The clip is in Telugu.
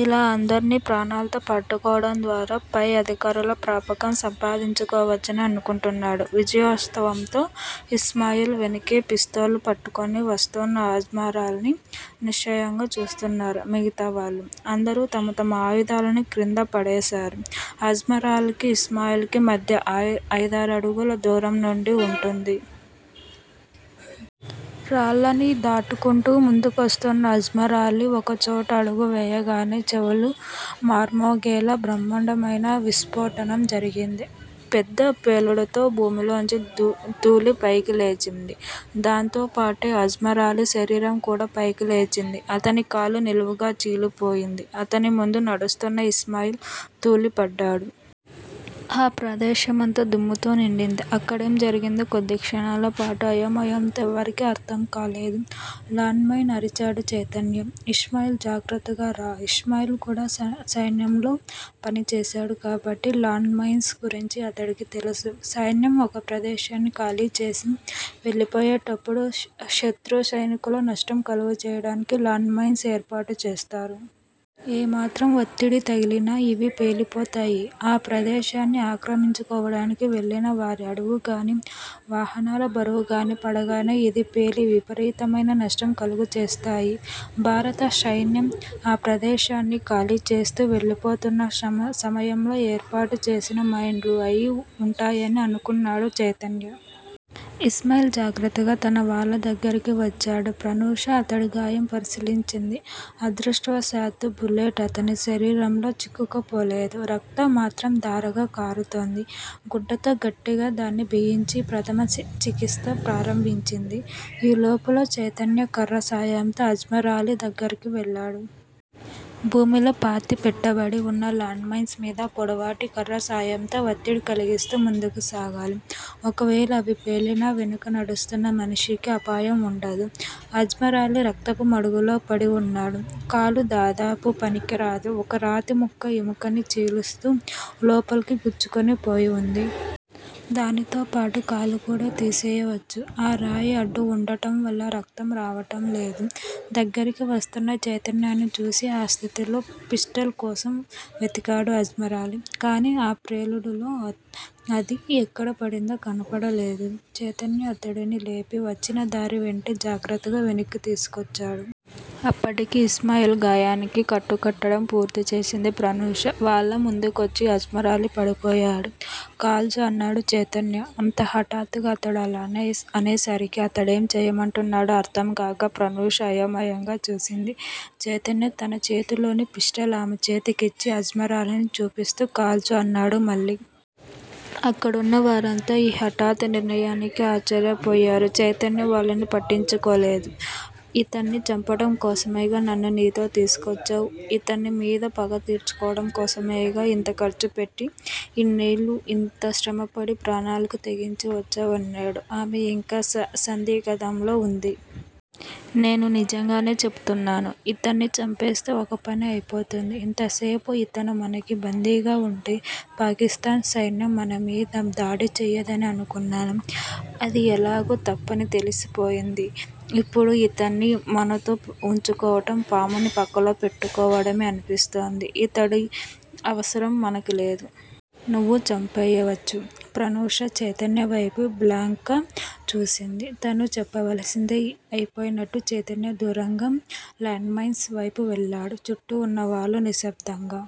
ఇలా అందర్నీ ప్రాణాల్తో పట్టుకోవడం ద్వారా పై అధికారుల ప్రాపకం సంపాదించుకోవచ్చని అనుకుంటున్నాడు. విజయోత్సాహంతో ఇస్మాయిల్ వెనుకే పిస్తోలు పట్టుకుని వస్తూన్న అజ్మరాలీని నిస్సహాయంగా చూస్తున్నారు మిగతావాళ్ళు. అందరూ తమ తమ ఆయుధాలను క్రింద పడేసారు. అజ్మరాలీకీ, ఇస్మాయిల్ కీ మధ్య అయిదారడుగుల దూరం వుండి వుంటుంది. రాళ్ళని దాటుకుంటూ ముందుకొస్తూన్న అజ్మరాలీ, ఒక చోట అడుగు వేయగానే, చెవులు మార్మోగేలా బ్రహ్మాండమైన విస్ఫోటనం జరిగింది. పెద్ద పేలుడుతో భూమిలోంచి థూళి పైకిలేచింది. దాంతోపాటే అజ్మరాలీ శరీరం కూడా పైకి లేచింది. అతని కాలు నిలువుగా చీలిపోయింది. అతని ముందు నడుస్తూన్న ఇస్మాయిల్ తూలిపడ్డాడు. ఆ ప్రదేశమంతా దుమ్ముతో నిండింది. అక్కడేం జరిగిందో, కొద్దిక్షణాల పాటు అయోమయంతో ఎవరికీ అర్ధంకాలేదు. లాండ్ మైన్ అరిచాడు చైతన్య. ఇస్మాయిల్- జాగ్రత్తగా రా ఇస్మాయిల్ కూడా సైన్యంలో పనిచేశాడు కాబట్టి 'లాండ్ మైన్స్' గురించి అతడికి తెలుసు. సైన్యం ఒక ప్రదేశాన్ని ఖాళీ చేసి వెళ్ళిపోయేటప్పుడు శత్రు సైనికుల్లో నష్టం కలుగచేయటానికి లాండ్ మైన్స్ ఏర్పాటు చేస్తారు. ఏ మాత్రం వత్తిడి తగిలినా ఇవి పేలిపోతాయి. ఆ ప్రదేశాన్ని ఆక్రమించుకోవడానికి వెళ్ళిన వారి అడుగు గానీ, వాహనాల బరువుగానీ పడగానే, ఇది పేలి, విపరీతమైన నష్టం కలుగచేస్తాయి. భారత సైన్యం ఆ ప్రదేశాన్ని ఖాళీచేస్తూ వెళ్ళిపోతున్న సమయంలో ఏర్పాటు చేసిన మైన్లు అయి వుంటాయని అనుకున్నాడు చైతన్య. ఇస్మాయిల్ జాగ్రత్తగా తన వాళ్ళ దగ్గరికి వచ్చాడు. ప్రనూష అతడి గాయం పరిశీలించింది. అదృష్టవశాత్తు బుల్లెట్ అతని శరీరంలో చిక్కుకుపోలేదు. రక్తం మాత్రం ధారగా కారుతూంది. గుడ్డతో గట్టిగా దాన్ని బిగించి, ప్రధమ చికిత్స ప్రారంభించింది. ఈ లోపులో చైతన్య కర్ర సాయంతో అజ్మరాలీ దగ్గిరికి వెళ్ళాడు. భూమిలో పాతి పెట్టబడి వున్న లాండ్ మైన్స్ మీద పొడవాటి కర్ర సాయంతో వత్తిడి కలిగిస్తూ ముందుకు సాగాలి. ఒకవేళ అవి పేలినా, వెనుక నడుస్తున్న మనిషికి అపాయం వుండదు. అజ్మరాలీ రక్తపు మడుగులో పడి వున్నాడు. కాలు దాదాపు పనికిరాదు. ఒక రాతిముక్క ఎముకని చీలుస్తూ లోపలికి గుచ్చుకుని పోయి వుంది. దానితో పాటు కాలు కూడా తీసెయ్యవచ్చు. ఆ రాయి అడ్డు వుండటంవల్ల రక్తం రావటం లేదు. దగ్గరికి వస్తూన్న చైతన్యని చూసి ఆ స్థితిలో పిస్టల్ కోసం వెతికాడు అజ్మరాలీ. కానీ ఆ ప్రేలుడులో అది ఎక్కడ పడిందో కనపడలేదు. చైతన్య అతడిని లేపి, వచ్చిన దారి వెంటే జాగ్రత్తగా వెనక్కి తీసుకొచ్చాడు. అప్పటికి ఇస్మాయిల్ గాయానికి కట్టు కట్టడం పూర్తిచేసింది ప్రనూష. వాళ్ళ ముందుకొచ్చి అజ్మరాలీ పడిపోయాడు. కాల్చు అన్నాడు చైతన్య. అంత హఠాత్తుగా అతడు అలా అనేసరికి, అతడేం చెయ్యమంటున్నాడో అర్ధంకాక ప్రనూష అయోమయంగా చూసింది. చైతన్య తన చేతిలోని పిస్టల్ ఆమె చేతికిచ్చి అజ్మరాలీని చూపిస్తూ కాల్చు అన్నాడు మళ్ళీ. అక్కడున్న వారంతా ఈ హఠాత్ నిర్ణయానికి ఆశ్చర్యపోయారు. చైతన్య వాళ్ళని పట్టించుకోలేదు. ఇతన్ని చంపటం కోసమేగా నన్ను నీతో తీసుకొచ్చావ్. ఇతని మీద పగ తీర్చుకోవడం కోసమేగా ఇంత ఖర్చు పెట్టి ఇన్నేళ్ళు ఇంత శ్రమపడి ప్రాణాలకు తెగించి వచ్చావ్ అన్నాడు. ఆమె ఇంకా సందిగ్ధంలో వుంది. నేను నిజంగానే చెపుతున్నాను. ఇతన్ని చంపేస్తే ఒక పని అయిపోతుంది. ఇంతసేపూ ఇతను మనకి బందీగా వుంటే పాకిస్తాన్ సైన్యం మనమీద దాడి చెయ్యదని అనుకున్నాను. అది ఎలాగూ తప్పని తెలిసిపోయింది. ఇప్పుడు యితన్ని మనతో వుంచుకోవటం పాముని పక్కలో పెట్టుకోవడమే అనిపిస్తోంది. ఇతడి అవసరం మనకి లేదు. నువ్వు చంపెయ్యవచ్చు. ప్రనూష చైతన్య వైపు బ్లాంక్ గా చూసింది. తను చెప్పవలసింది అయిపోయినట్టు చైతన్య దూరంగా, లాండ్ మైన్స్ వైపు వెళ్ళాడు. చుట్టూ వున్నవాళ్ళు నిశ్శబ్దంగా